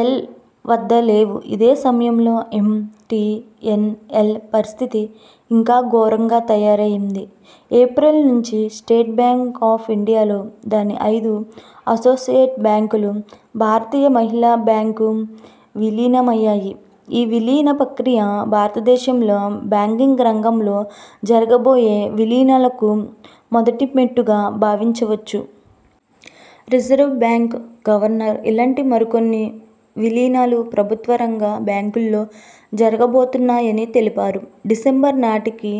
L వద్ద లేవు ఇదే సమయంలో ఎం. టి. ఎన్. ఎల్ పరిస్థితి ఇంకా ఘోరంగా తయారైంది. ఏప్రిల్ నుంచి స్టేట్ బ్యాంక్ ఆఫ్ ఇండియాలో దాని ఐదు అసోసియేట్ బ్యాంకులు, భారతీయ మహిళా బ్యాంకు విలీనమయ్యాయి. ఈ విలీన ప్రక్రియ భారతదేశంలో బ్యాంకింగ్ రంగంలో జరగబోయే విలీనాలకు మొదటి మెట్టుగా భావించవచ్చు. రిజర్వ్ బ్యాంకు గవర్నర్ ఇలాంటి మరికొన్ని విలీనాలు ప్రభుత్వరంగ బ్యాంకుల్లో జరగబోతున్నాయని తెలిపారు. డిసెంబర్ నాటికి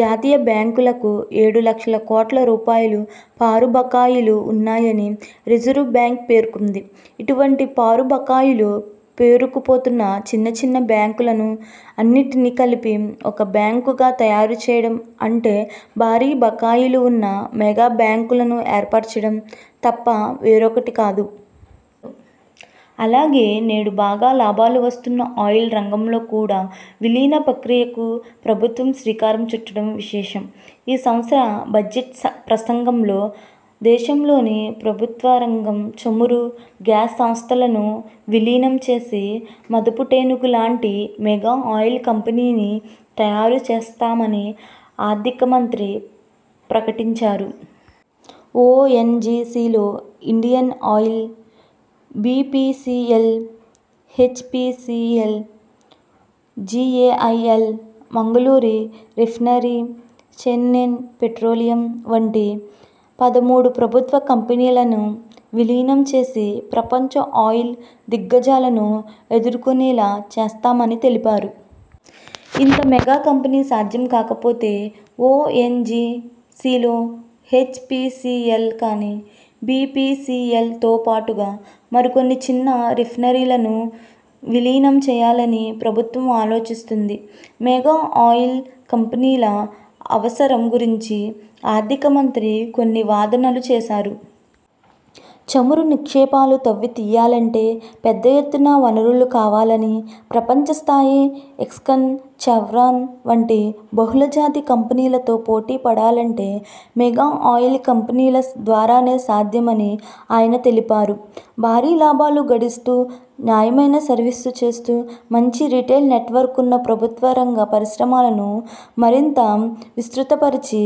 జాతీయ బ్యాంకులకు ఏడు లక్షల కోట్ల రూపాయలు పారు బకాయిలు ఉన్నాయని రిజర్వ్ బ్యాంకు పేర్కొంది. ఇటువంటి పారు బకాయిలు పేరుకుపోతున్న చిన్న చిన్న బ్యాంకులను అన్నింటిని కలిపి ఒక బ్యాంకుగా తయారు చేయడం అంటే భారీ బకాయిలు వున్న మెగా బ్యాంకులను ఏర్పరచడం తప్ప వేరొకటి కాదు. అలాగే, నేడు బాగా లాభాలు వస్తున్న ఆయిల్ రంగంలో కూడా విలీన ప్రక్రియకు ప్రభుత్వం శ్రీకారం చుట్టడం విశేషం. ఈ సంవత్సర బడ్జెట్ ప్రసంగంలో దేశంలోని ప్రభుత్వరంగ చమురు, గ్యాస్ సంస్థలను విలీనం చేసి మదపుటేనుగులాంటి మెగా ఆయిల్ కంపెనీని తయారు చేస్తామని ఆర్ధిక మంత్రి ప్రకటించారు. ఒ. ఎన్. జి. సిలో Indian oil, B. P. C. L, H. P. C. L, G. A. I. L, Mangalore refinery, Chennai petroleum వంటి పదమూడు ప్రభుత్వ కంపెనీలను విలీనం చేసి ప్రపంచ ఆయిల్ దిగ్గజాలను ఎదుర్కొనేలా చేస్తామని తెలిపారు. ఇంత మెగా కంపెనీ సాధ్యం కాకపోతే, ఒ. ఎన్. జి. సిలో హెచ్. పి. సి. ఎల్ కాని, బి. పి. సి. ఎల్ తోపాటుగా మరికొన్ని చిన్న రిఫైనరీలను విలీనం చేయాలని ప్రభుత్వం ఆలోచిస్తోంది. మెగా ఆయిల్ కంపెనీల అవసరం గురించి ఆర్ధిక మంత్రి కొన్ని వాదనలు చేశారు. చమురు నిక్షేపాలు త్రవ్వి తీయాలంటే పెద్దఎత్తున వనరులు కావాలని, ప్రపంచస్థాయి ఎక్సాన్, చెవ్రాన్ వంటి బహుళజాతి కంపెనీలతో పోటీ పడాలంటే మెగా ఆయిల్ కంపెనీల ద్వారానే సాధ్యమని ఆయన తెలిపారు. భారీ లాభాలు గడుస్తూ, నాయమైన సర్వీసు చేస్తూ, మంచి రిటైల్ నెట్వర్క్ వున్న ప్రభుత్వరంగ పరిశ్రమలను మరింత విస్తృతపరిచి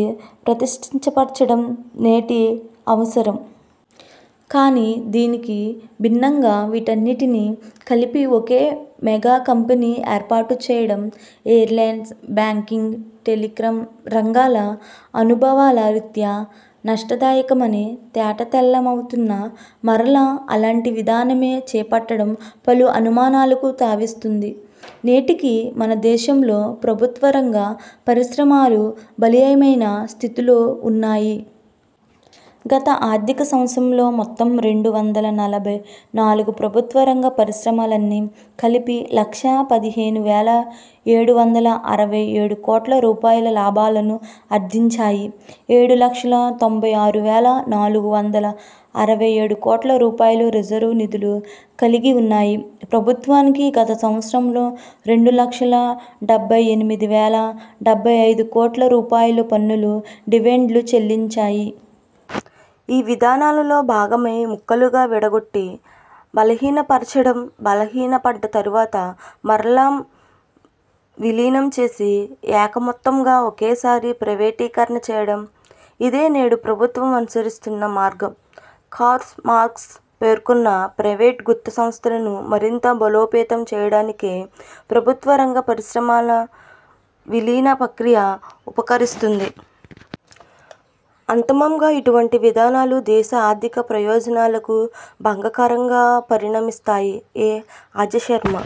పటిష్టపరచడం నేటి అవసరం. కాని దీనికి భిన్నంగా వీటన్నింటినీ కలిపి ఒకే మెగా కంపెనీ ఏర్పాటు చేయడం ఎయిర్లైన్స్, బ్యాంకింగ్, టెలిక్రమ్ రంగాల అనుభవాల రీత్యా నష్టదాయకమని తేటతెల్లమవుతున్నా మరలా అలాంటి విధానమే చేపట్టడం పలు అనుమానాలకు తావిస్తోంది. నేటికీ మన దేశంలో ప్రభుత్వరంగ పరిశ్రమాలు బలీయమైన స్థితిలో వున్నాయి. గత ఆర్ధిక సంవత్సరంలో మొత్తం రెండు వందల నలభై నాలుగు ప్రభుత్వరంగ పరిశ్రమలన్నీ కలిపి లక్షా పదిహేనువేల ఏడు వందల అరవై ఏడుకోట్ల రూపాయల లాభాలను ఆర్జించాయి. ఏడులక్షల తొంభై ఆరువేల నాలుగు వందల అరవై ఏడుకోట్ల రూపాయలు రిజర్వ్ నిధులు కలిగి వున్నాయి. ప్రభుత్వానికి గత సంవత్సరంలో రెండులక్షల డెబ్బై ఎనిమిదివేల డెబ్బై ఐదుకోట్ల రూపాయలు పన్నులు, డివిడెండ్లు చెల్లించాయి. ఈ విధానాలలో భాగమే ముక్కలుగా విడగొట్టి బలహీనపరచడం, బలహీనపడ్డ తరువాత మరలా విలీనం చేసి ఏకమొత్తంగా ఒకేసారి ప్రైవేటీకరణ చేయడం. ఇదే నేడు ప్రభుత్వం అనుసరిస్తున్న మార్గం. కార్ల్ మార్క్స్ పేర్కొన్న ప్రైవేట్ గుత్త సంస్థలను మరింత బలోపేతం చేయడానికే ప్రభుత్వరంగ పరిశ్రమల విలీన ప్రక్రియ ఉపకరిస్తుంది. అంతిమంగా ఇటువంటి విధానాలు దేశ ఆర్ధిక ప్రయోజనాలకు భంగకరంగా పరిణమిస్తాయి. -ఎ. అజశర్మ